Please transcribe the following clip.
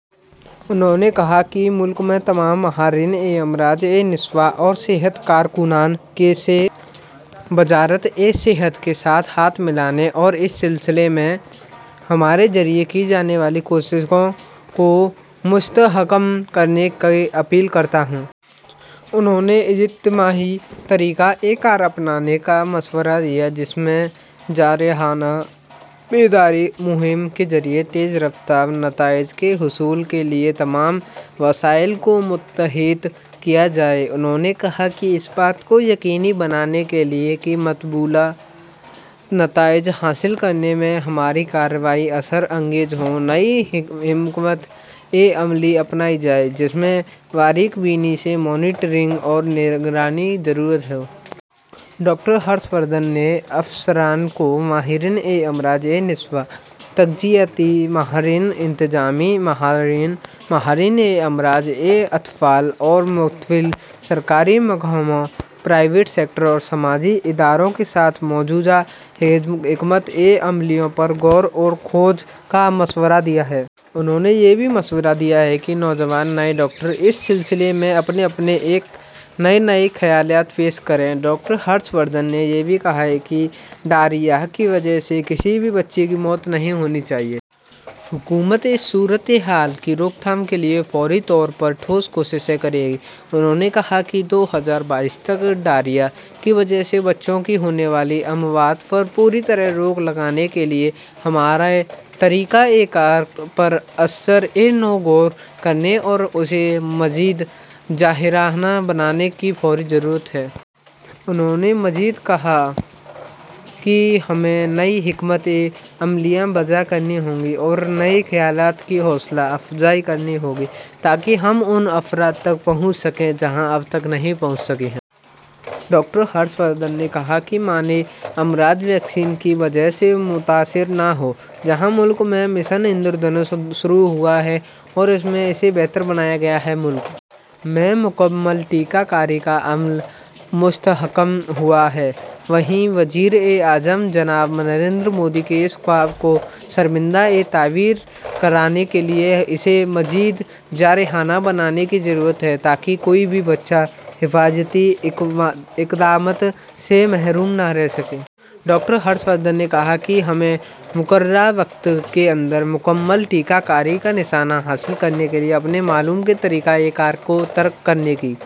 انہوں نے کہا کہ ''ملک میں تمام ماہرینِ امراضِ نسواں اور صحت کارکنان سے وزارتِ صحت کے ساتھ ہاتھ ملانے اور اس سلسلے میں ہمارے ذریعے کی جانے والی کوششوں کو مستحکم کرنے کی اپیل کرتا ہوں۔'' انہوں نے اجتماعی طریقۂ کار اپنانے کا مشورہ دیا، جس میں جارحانہ بیداری مہم کے ذریعے تیز رفتار نتائج کے حصول کے لیے تمام وسائل کو متحد کیا جائے۔ انہوں نے کہا کہ اس بات کو یقینی بنانے کے لیے کہ مطلوبہ نتائج حاصل کرنے میں ہماری کارروائیاں اثر انگیز ہوں، نئی حکمتِ عملی اپنائی جائے، جس میں باریک بینی سے مانیٹرنگ اور نگرانی کی ضرورت ہو۔ ڈاکٹر ہرش وردھن نے افسران کو ماہرینِ امراضِ نسواں، تغذیاتی ماہرین، انتظامی ماہرین، ماہرینِ امراضِ اطفال اور مختلف سرکاری محکموں، پرائیویٹ سیکٹر اور سماجی اداروں کے ساتھ مجوزہ حکمتِ عملیوں پر غور و خوض کا مشورہ دیا ہے۔ انہوں نے یہ بھی مشورہ دیا کہ نوجوان، نئے ڈاکٹر اس سلسلے میں اپنے نئے نئے خیالات پیش کریں۔ ڈاکٹر ہرش وردھن نے یہ بھی کہا کہ ڈائریا کی وجہ سے کسی بھی بچے کی موت نہیں ہونی چاہیے۔ حکومت اس صورتحال کی روک تھام کے لیے فوری طور پر ٹھوس کوششیں کرے گی۔ انہوں نے کہا کہ دو ہزار بائیس تک ڈائریا کی وجہ سے بچوں کی ہونے والی اموات پر پوری طرح روک لگانے کے لیے ہمارے طریقۂ کار پر ازسرِنو غور کرنے اور اسے مزید جارحانہ بنانے کی فوری ضرورت ہے۔ انہوں نے مزید کہا کہ ہمیں نئی حکمتِ عملیاں وضع کرنی ہوں گی اور نئے خیالات کی حوصلہ افزائی کرنی ہوگی، تاکہ ہم ان افراد تک پہنچ سکیں جہاں اب تک نہیں پہنچ سکے ہیں۔ ڈاکٹر ہرش وردھن نے کہا کہ مانع امراض ویکسین کی وجہ سے متاثر نہ ہو۔ جہاں ملک میں مشن اندر دھنش شروع ہوا ہے اور اس میں اسے بہتر بنایا گیا ہے، ملک میں مکمل ٹیکہ کاری کا عمل مستحکم ہوا ہے، وہیں وزیراعظم جناب نریندر مودی کے اس خواب کو شرمندۂ تعبیر کرانے کے لیے اسے مزید جارحانہ بنانے کی ضرورت ہے، تاکہ کوئی بھی بچہ حفاظتی اقدامات سے محروم نہ رہ سکے۔ ڈاکٹر ہرش وردھن نے کہا کہ ہمیں مقررہ وقت کے اندر مکمل ٹیکہ کاری کا نشانہ حاصل کرنے کے لیے اپنے معمول کے طریقۂ کار کو ترک کرنے کی